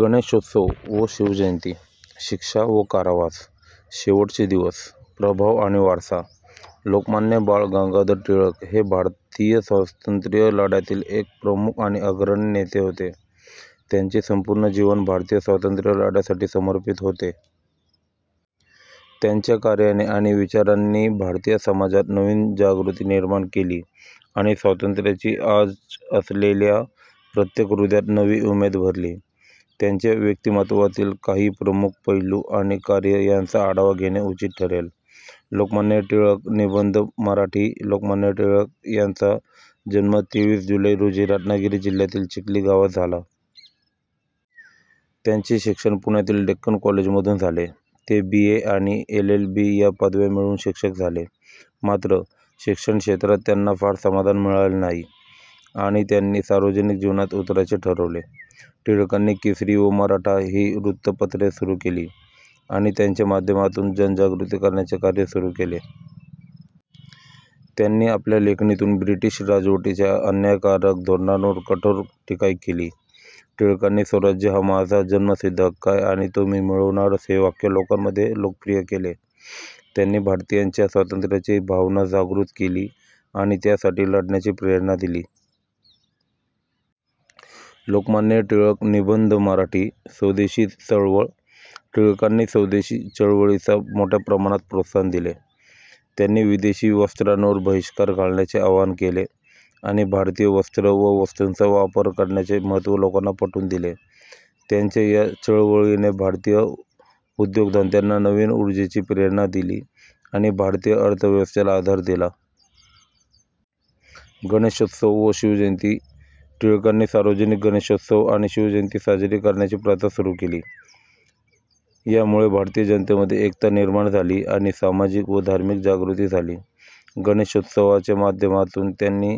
गणेशोत्सव व शिवजयंती, शिक्षा व कारावास, शेवटचे दिवस, प्रभाव आणि वारसा, लोकमान्य बाळ गंगाधर टिळक हे भारतीय स्वातंत्र्य लढ्यातील एक प्रमुख आणि अग्रणी नेते होते. त्यांचे संपूर्ण जीवन भारतीय स्वातंत्र्य लढ्यासाठी समर्पित होते. त्यांच्या कार्याने आणि विचारांनी भारतीय समाजात नवीन जागृती निर्माण केली आणि स्वातंत्र्याची आच असलेल्या प्रत्येक हृदयात नवी उमेद भरली. त्यांच्या व्यक्तिमत्त्वातील काही प्रमुख पैलू आणि कार्य यांचा आढावा घेणे उचित ठरेल. लोकमान्य टिळक निबंध मराठी, लोकमान्य टिळक यांचा जन्म तेवीस जुलै रोजी रत्नागिरी जिल्ह्यातील चिखली गावात झाला. त्यांचे शिक्षण पुण्यातील डेक्कन कॉलेजमधून झाले. ते बी. ए. आणि एल. एल. बी. या पदव्या मिळवून शिक्षक झाले. मात्र, शिक्षणक्षेत्रात त्यांना फार समाधान मिळाले नाही आणि त्यांनी सार्वजनिक जीवनात उतरायचे ठरवले. टिळकांनी केसरी व मराठा ही वृत्तपत्रे सुरू केली आणि त्यांच्या माध्यमातून जनजागृती करण्याचे कार्य सुरू केले. त्यांनी आपल्या लेखणीतून ब्रिटिश राजवटीच्या अन्यायकारक धोरणांवर कठोर टीका केली. टिळकांनी स्वराज्य हा माझा जन्मसिद्ध हक्क आहे आणि तो मी मिळवणारच हे वाक्य लोकांमध्ये लोकप्रिय केले. त्यांनी भारतीयांच्या स्वातंत्र्याची भावना जागृत केली आणि त्यासाठी लढण्याची प्रेरणा दिली. लोकमान्य टिळक निबंध मराठी, स्वदेशी चळवळ, टिळकांनी स्वदेशी चळवळीला मोठ्या प्रमाणात प्रोत्साहन दिले. त्यांनी विदेशी वस्त्रांवर बहिष्कार घालण्याचे आवाहन केले आणि भारतीय वस्त्र व वस्तूंचा वापर करण्याचे महत्त्व लोकांना पटवून दिले. त्यांच्या या चळवळीने भारतीय उद्योगधंद्यांना नवीन ऊर्जेची प्रेरणा दिली आणि भारतीय अर्थव्यवस्थेला आधार दिला. गणेशोत्सव व शिवजयंती, टिळकांनी सार्वजनिक गणेशोत्सव आणि शिवजयंती साजरी करण्याची प्रथा सुरू केली. यामुळे भारतीय जनतेमध्ये एकता निर्माण झाली आणि सामाजिक व धार्मिक जागृती झाली. गणेशोत्सवाच्या माध्यमातून त्यांनी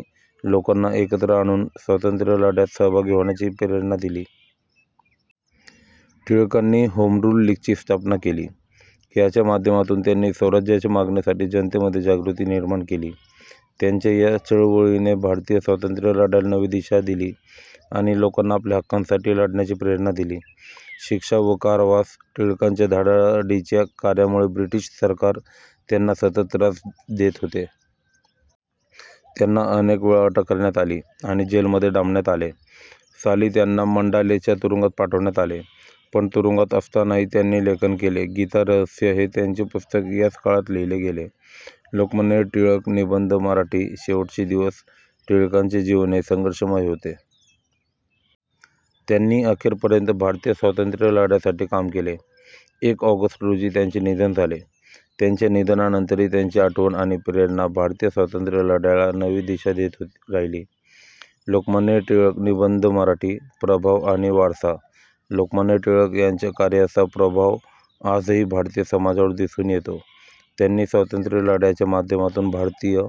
लोकांना एकत्र आणून स्वातंत्र्यलढ्यात सहभागी होण्याची प्रेरणा दिली. टिळकांनी होमरूल लीगची स्थापना केली. याच्या माध्यमातून त्यांनी स्वराज्याच्या मागणीसाठी जनतेमध्ये जागृती निर्माण केली. त्यांच्या या चळवळीने भारतीय स्वातंत्र्यलढ्याला नवी दिशा दिली आणि लोकांना आपल्या हक्कांसाठी लढण्याची प्रेरणा दिली. शिक्षा व कारावास, टिळकांच्या धडाडीच्या कार्यामुळे ब्रिटिश सरकार त्यांना सतत त्रास देत होते. त्यांना अनेक वेळा अटक करण्यात आली आणि जेलमध्ये डांबण्यात आले. साली त्यांना मंडालेच्या तुरुंगात पाठवण्यात आले. पण तुरुंगात असतानाही त्यांनी लेखन केले. गीता रहस्य हे त्यांचे पुस्तक याच काळात लिहिले गेले. लोकमान्य टिळक निबंध मराठी, शेवटचे दिवस, टिळकांचे जीवन हे संघर्षमय होते. त्यांनी अखेरपर्यंत भारतीय स्वातंत्र्यलढ्यासाठी काम केले. एक ऑगस्ट रोजी त्यांचे निधन झाले. त्यांच्या निधनानंतरही त्यांची आठवण आणि प्रेरणा भारतीय स्वातंत्र्यलढ्याला नवी दिशा देत राहिली. लोकमान्य टिळक निबंध मराठी, प्रभाव आणि वारसा, लोकमान्य टिळक यांच्या कार्याचा प्रभाव आजही भारतीय समाजावर दिसून येतो. त्यांनी स्वातंत्र्यलढ्याच्या माध्यमातून भारतीय